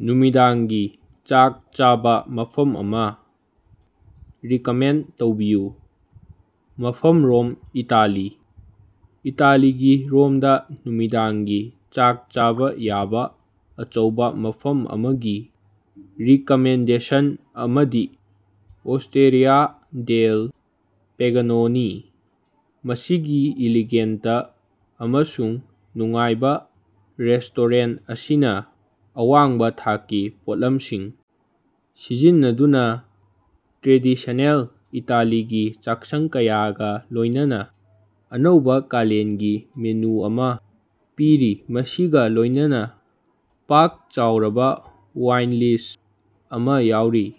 ꯅꯨꯃꯤꯗꯥꯡꯒꯤ ꯆꯥꯛ ꯆꯥꯕ ꯃꯐꯝ ꯑꯃ ꯔꯤꯀꯃꯦꯟꯗ ꯇꯧꯕꯤꯌꯨ꯫ ꯃꯐꯝ ꯔꯣꯝ ꯏꯇꯥꯂꯤ꯫ ꯏꯇꯥꯂꯤꯒꯤ ꯔꯣꯝꯗ ꯅꯨꯃꯤꯗꯥꯡꯒꯤ ꯆꯥꯛ ꯆꯥꯕ ꯌꯥꯕ ꯑꯆꯧꯕ ꯃꯐꯝ ꯑꯃꯒꯤ ꯔꯤꯀꯃꯦꯟꯗꯦꯁꯟ ꯑꯃꯗꯤ ꯑꯣꯁ꯭ꯇꯦꯔꯤꯌꯥ ꯗꯦꯜ ꯄꯦꯒꯅꯣꯅꯤ꯫ ꯃꯁꯤꯒꯤ ꯏꯂꯤꯒꯦꯟꯇ ꯑꯃꯁꯨꯡ ꯅꯨꯡꯉꯥꯏꯕ ꯔꯦꯁꯇꯣꯔꯦꯟ ꯑꯁꯤꯅ ꯑꯋꯥꯡꯕ ꯊꯥꯛꯀꯤ ꯄꯣꯠꯂꯝꯁꯤꯡ ꯁꯤꯖꯤꯟꯅꯗꯨꯅ ꯇ꯭ꯔꯦꯗꯤꯁꯅꯦꯜ ꯏꯇꯥꯂꯤꯒꯤ ꯆꯥꯛꯁꯪ ꯀꯌꯥꯒ ꯂꯣꯏꯅꯅ ꯑꯅꯧꯕ ꯀꯥꯂꯦꯟꯒꯤ ꯃꯦꯅꯨ ꯑꯃ ꯄꯤꯔꯤ ꯃꯁꯤꯒ ꯂꯣꯏꯅꯅ ꯄꯥꯛ ꯆꯥꯎꯔꯕ ꯋꯥꯏꯟ ꯂꯤꯁ ꯑꯃ ꯌꯥꯎꯔꯤ꯫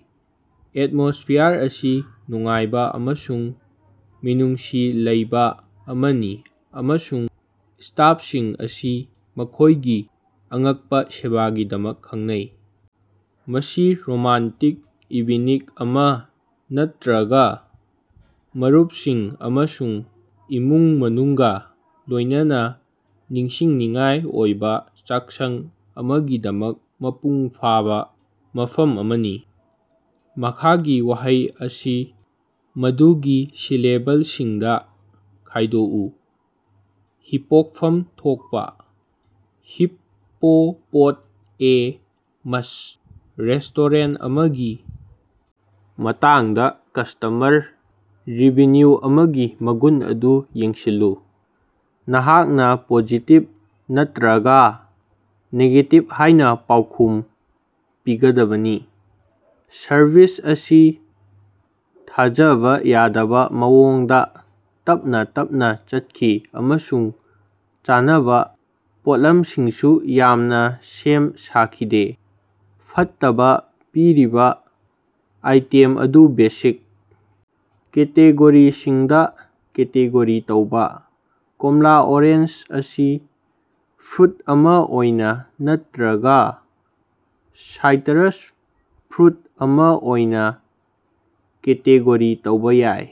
ꯑꯦꯠꯃꯣꯁꯐꯤꯌꯥꯔ ꯑꯁꯤ ꯅꯨꯡꯉꯥꯏꯕ ꯑꯃꯁꯨꯡ ꯃꯤꯅꯨꯡꯁꯤ ꯂꯩꯕ ꯑꯃꯅꯤ ꯑꯃꯁꯨꯡ ꯁꯇꯥꯞꯁꯤꯡ ꯑꯁꯤ ꯃꯈꯣꯏꯒꯤ ꯑꯉꯛꯄ ꯁꯦꯕꯥꯒꯤꯗꯃꯛ ꯈꯪꯅꯩ꯫ ꯃꯁꯤ ꯔꯣꯃꯥꯟꯇꯤꯛ ꯏꯚꯤꯅꯤꯡ ꯑꯃ ꯅꯠꯇ꯭ꯔꯒꯥ ꯃꯔꯨꯞꯁꯤꯡ ꯑꯃꯁꯨꯡ ꯏꯃꯨꯡ ꯃꯅꯨꯡꯒ ꯂꯣꯏꯅꯅ ꯅꯤꯡꯁꯤꯡꯅꯤꯡꯉꯥꯏ ꯑꯣꯏꯕ ꯆꯥꯛꯁꯪ ꯑꯃꯒꯤꯗꯃꯛ ꯃꯄꯨꯡ ꯐꯥꯕ ꯃꯐꯝ ꯑꯃꯅꯤ꯫ ꯃꯈꯥꯒꯤ ꯋꯥꯍꯩ ꯑꯁꯤ ꯃꯗꯨꯒꯤ ꯁꯤꯂꯦꯕꯜꯁꯤꯡꯗ ꯈꯥꯏꯗꯣꯛꯎ꯫ ꯍꯤꯄꯣꯛꯐꯝ ꯊꯣꯛꯄ꯫ ꯍꯤꯞ ꯄꯣ ꯄꯣꯠ ꯑꯦ ꯃꯁ꯫ ꯔꯦꯁꯇꯣꯔꯦꯟ ꯑꯃꯒꯤ ꯃꯇꯥꯡꯗ ꯀꯁꯇꯃꯔ ꯔꯤꯚꯤꯅꯌꯨ ꯑꯃꯒꯤ ꯃꯒꯨꯟ ꯑꯗꯨ ꯌꯦꯡꯁꯤꯜꯂꯨ꯫ ꯅꯍꯥꯛꯅ ꯄꯣꯖꯤꯇꯤꯞ ꯅꯠꯇ꯭ꯔꯒꯥ ꯅꯦꯒꯦꯇꯤꯞ ꯍꯥꯏꯅ ꯄꯥꯎꯈꯨꯝ ꯄꯤꯒꯗꯕꯅꯤ꯫ ꯁꯔꯚꯤꯁ ꯑꯁꯤ ꯊꯥꯖꯕ ꯌꯥꯗꯕ ꯃꯑꯣꯡꯗ ꯇꯞꯅ ꯇꯞꯅ ꯆꯠꯈꯤ ꯑꯃꯁꯨꯡ ꯆꯥꯅꯕ ꯄꯣꯠꯂꯝꯁꯤꯡꯁꯨ ꯌꯥꯝꯅ ꯁꯦꯝ ꯁꯥꯈꯤꯗꯦ꯫ ꯐꯠꯇꯕ ꯄꯤꯔꯤꯕ ꯑꯥꯏꯇꯦꯝ ꯑꯗꯨ ꯕꯦꯁꯤꯛ ꯀꯦꯇꯦꯒꯣꯔꯤꯁꯤꯡꯗ ꯀꯦꯇꯦꯒꯣꯔꯤ ꯇꯧꯕ꯫ ꯀꯣꯝꯂꯥ ꯑꯣꯔꯦꯟꯖ ꯑꯁꯤ ꯐ꯭ꯔꯨꯠ ꯑꯃ ꯑꯣꯏꯅ ꯅꯠꯇ꯭ꯔꯒꯥ ꯁꯥꯏꯇꯔꯁ ꯐ꯭ꯔꯨꯠ ꯑꯃ ꯑꯣꯏꯅ ꯀꯦꯇꯦꯒꯣꯔꯤ ꯇꯧꯕ ꯌꯥꯏ꯫